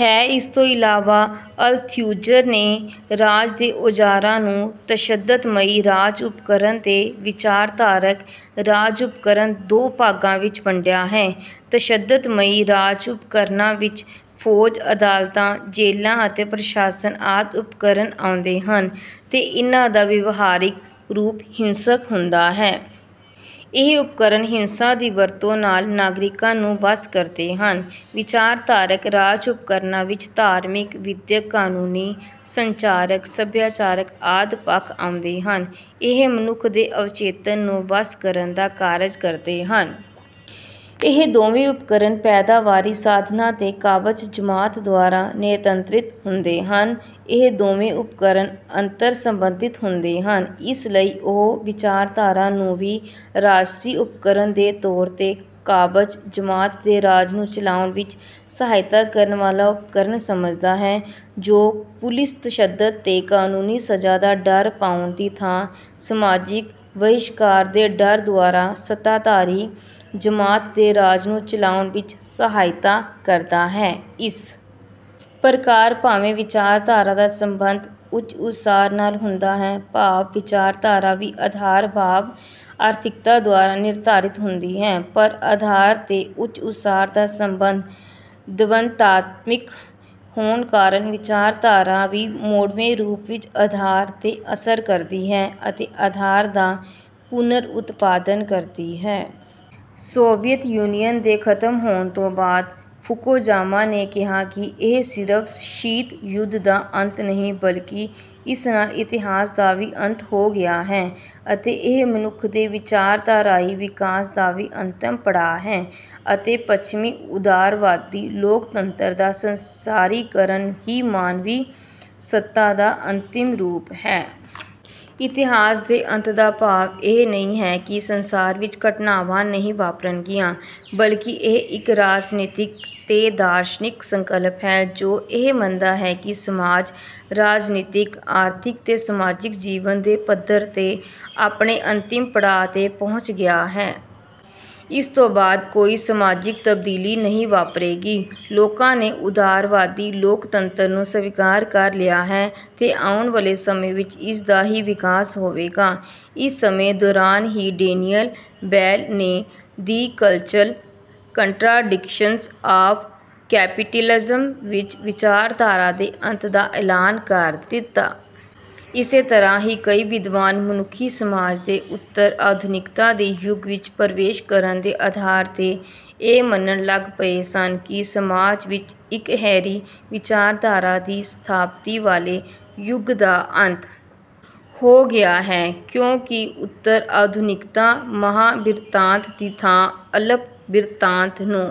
ਹੈ। ਇਸ ਤੋਂ ਇਲਾਵਾ ਅਲਥਿਊਜ਼ਰ ਨੇ ਰਾਜ ਦੇ ਔਜ਼ਾਰਾਂ ਨੂੰ ਤਸ਼ੱਦਦਮਈ ਰਾਜ-ਉਪਕਰਨ ਤੇ ਵਿਚਾਰਧਾਰਕ ਰਾਜ-ਉਪਕਰਨ ਦੋ ਭਾਗਾਂ ਵਿੱਚ ਵੰਡਿਆ ਹੈ। ਤਸ਼ੱਦਦਮਈ ਰਾਜ-ਉਪਕਰਨਾਂ ਵਿੱਚ ਫ਼ੌਜ, ਅਦਾਲਤਾਂ, ਜੇਲ੍ਹਾਂ ਅਤੇ ਪ੍ਰਸ਼ਾਸਨ ਆਦਿ ਉਪਕਰਨ ਆਉਂਦੇ ਹਨ, ਤੇ ਇਨ੍ਹਾਂ ਦਾ ਵਿਵਹਾਰਿਕ ਰੂਪ ਹਿੰਸਕ ਹੁੰਦਾ ਹੈ। ਇਹ ਉਪਕਰਨ ਹਿੰਸਾ ਦੀ ਵਰਤੋਂ ਨਾਲ ਨਾਗਰਿਕਾਂ ਨੂੰ ਵੱਸ ਕਰਦੇ ਹਨ। ਵਿਚਾਰਧਾਰਕ ਰਾਜ-ਉਪਕਰਨਾਂ ਵਿੱਚ ਧਾਰਮਿਕ, ਵਿੱਦਿਅਕ, ਕਾਨੂੰਨੀ, ਸੰਚਾਰਕ, ਸਭਿਆਚਾਰਕ ਆਦਿ ਪੱਖ ਆਉਂਦੇ ਹਨ। ਇਹ ਮਨੁੱਖ ਦੇ ਅਵਚੇਤਨ ਨੂੰ ਵੱਸ ਕਰਨ ਦਾ ਕਾਰਜ ਕਰਦੇ ਹਨ। ਇਹ ਦੋਵੇਂ ਉਪਕਰਨ ਪੈਦਾਵਾਰੀ ਸਾਧਨਾਂ 'ਤੇ ਕਾਬਜ਼ ਜਮਾਤ ਦੁਆਰਾ ਨਿਯੰਤ੍ਰਿਤ ਹੁੰਦੇ ਹਨ। ਇਹ ਦੋਵੇਂ ਉਪਕਰਨ ਅੰਤਰ-ਸੰਬੰਧਿਤ ਹੁੰਦੇ ਹਨ। ਇਸ ਲਈ ਉਹ 'ਵਿਚਾਰਧਾਰਾ ਨੂੰ ਵੀ ਰਾਜਸੀ ਉਪਕਰਨ ਦੇ ਤੌਰ 'ਤੇ ਕਾਬਜ਼ ਜਮਾਤ ਦੇ ਰਾਜ ਨੂੰ ਚਲਾਉਣ ਵਿੱਚ ਸਹਾਇਤਾ ਕਰਨ ਵਾਲਾ ਉਪਕਰਨ ਸਮਝਦਾ ਹੈ, ਜੋ ਪੁਲਿਸ-ਤਸ਼ੱਦਦ ਤੇ ਕਾਨੂੰਨੀ ਸਜ਼ਾ ਦਾ ਡਰ ਪਾਉਣ ਦੀ ਥਾਂ ਸਮਾਜਿਕ ਵਹਿਸ਼ਕਾਰ ਦੇ ਡਰ ਦੁਆਰਾ ਸੱਤਾਧਾਰੀ ਜਮਾਤ ਦੇ ਰਾਜ ਨੂੰ ਚਲਾਉਣ ਵਿੱਚ ਸਹਾਇਤਾ ਕਰਦਾ ਹੈ। ਇਸ ਪ੍ਰਕਾਰ ਭਾਵੇਂ ਵਿਚਾਰਧਾਰਾ ਦਾ ਸੰਬੰਧ ਉੱਚ-ਉਸਾਰ ਨਾਲ ਹੁੰਦਾ ਹੈ, ਭਾਵ ਵਿਚਾਰਧਾਰਾ ਵੀ ਆਧਾਰ ਭਾਵ ਆਰਥਿਕਤਾ ਦੁਆਰਾ ਨਿਰਧਾਰਿਤ ਹੁੰਦੀ ਹੈ, ਪਰ ਆਧਾਰ ਤੇ ਉੱਚ-ਉਸਾਰ ਦਾ ਸੰਬੰਧ ਦਵੰਦਾਤਮਿਕ ਹੋਣ ਕਾਰਨ ਵਿਚਾਰਧਾਰਾ ਵੀ ਮੋੜਵੇਂ ਰੂਪ ਵਿੱਚ ਆਧਾਰ 'ਤੇ ਅਸਰ ਕਰਦੀ ਹੈ ਅਤੇ ਆਧਾਰ ਦਾ ਪੁਨਰ-ਉਤਪਾਦਨ ਕਰਦੀ ਹੈ। ਸੋਵੀਅਤ ਯੂਨੀਅਨ ਦੇ ਖ਼ਤਮ ਹੋਣ ਤੋਂ ਬਾਅਦ ਫੂਕੋਜਾਮਾ ਨੇ ਕਿਹਾ ਕਿ "ਇਹ ਸਿਰਫ਼ ਸ਼ੀਤ ਯੁੱਧ ਦਾ ਅੰਤ ਨਹੀਂ, ਬਲਕਿ ਇਸ ਨਾਲ ਇਤਿਹਾਸ ਦਾ ਵੀ ਅੰਤ ਹੋ ਗਿਆ ਹੈ, ਅਤੇ ਇਹ ਮਨੁੱਖ ਦੇ ਵਿਚਾਰਧਾਰਾਈ ਵਿਕਾਸ ਦਾ ਵੀ ਅੰਤਿਮ ਪੜਾਅ ਹੈ, ਅਤੇ ਪੱਛਮੀ ਉਦਾਰਵਾਦੀ ਲੋਕਤੰਤਰ ਦਾ ਸੰਸਾਰੀਕਰਨ ਹੀ ਮਾਨਵੀ ਸੱਤਾ ਦਾ ਅੰਤਿਮ ਰੂਪ ਹੈ।" ਇਤਿਹਾਸ ਦੇ ਅੰਤ ਦਾ ਭਾਵ ਇਹ ਨਹੀਂ ਹੈ ਕਿ ਸੰਸਾਰ ਵਿੱਚ ਘਟਨਾਵਾਂ ਨਹੀਂ ਵਾਪਰਨਗੀਆਂ। ਬਲਕਿ ਇਹ ਇੱਕ ਰਾਜਨੀਤਿਕ ਤੇ ਦਾਰਸ਼ਨਿਕ ਸੰਕਲਪ ਹੈ, ਜੋ ਇਹ ਮੰਨਦਾ ਹੈ ਕਿ ਸਮਾਜ ਰਾਜਨੀਤਿਕ, ਆਰਥਿਕ ਤੇ ਸਮਾਜਿਕ ਜੀਵਨ ਦੇ ਪੱਧਰ 'ਤੇ ਆਪਣੇ ਅੰਤਿਮ ਪੜਾਅ 'ਤੇ ਪਹੁੰਚ ਗਿਆ ਹੈ। ਇਸ ਤੋਂ ਬਾਅਦ ਕੋਈ ਸਮਾਜਿਕ ਤਬਦੀਲੀ ਨਹੀਂ ਵਾਪਰੇਗੀ। ਲੋਕਾਂ ਨੇ ਉਦਾਰਵਾਦੀ ਲੋਕਤੰਤਰ ਨੂੰ ਸਵੀਕਾਰ ਕਰ ਲਿਆ ਹੈ, ਤੇ ਆਉਣ ਵਾਲੇ ਸਮੇਂ ਵਿੱਚ ਇਸ ਦਾ ਹੀ ਵਿਕਾਸ ਹੋਵੇਗਾ। ਇਸ ਸਮੇਂ ਦੌਰਾਨ ਹੀ ਡੇਨੀਅਲ ਬੈੱਲ ਨੇ 'The Cultural Contradictions of Capitalism' ਵਿੱਚ ਵਿਚਾਰਧਾਰਾ ਦੇ ਅੰਤ ਦਾ ਐਲਾਨ ਕਰ ਦਿੱਤਾ। ਇਸੇ ਤਰ੍ਹਾਂ ਹੀ ਕਈ ਵਿਦਵਾਨ ਮਨੁੱਖੀ ਸਮਾਜ ਦੇ ਉਤਰ-ਆਧੁਨਿਕਤਾ ਦੇ ਯੁੱਗ ਵਿੱਚ ਪ੍ਰਵੇਸ਼ ਕਰਨ ਦੇ ਆਧਾਰ 'ਤੇ ਇਹ ਮੰਨਣ ਲੱਗ ਪਏ ਸਨ ਕਿ ਸਮਾਜ ਵਿੱਚ ਇਕਹਿਰੀ ਵਿਚਾਰਧਾਰਾ ਦੀ ਸਥਾਪਤੀ ਵਾਲੇ ਯੁੱਗ ਦਾ ਅੰਤ ਹੋ ਗਿਆ ਹੈ, ਕਿਉਂਕਿ ਉਤਰ-ਆਧੁਨਿਕਤਾ ਮਹਾਂ-ਬਿਰਤਾਂਤ ਦੀ ਥਾਂ ਅਲਪ-ਬਿਰਤਾਂਤ ਨੂੰ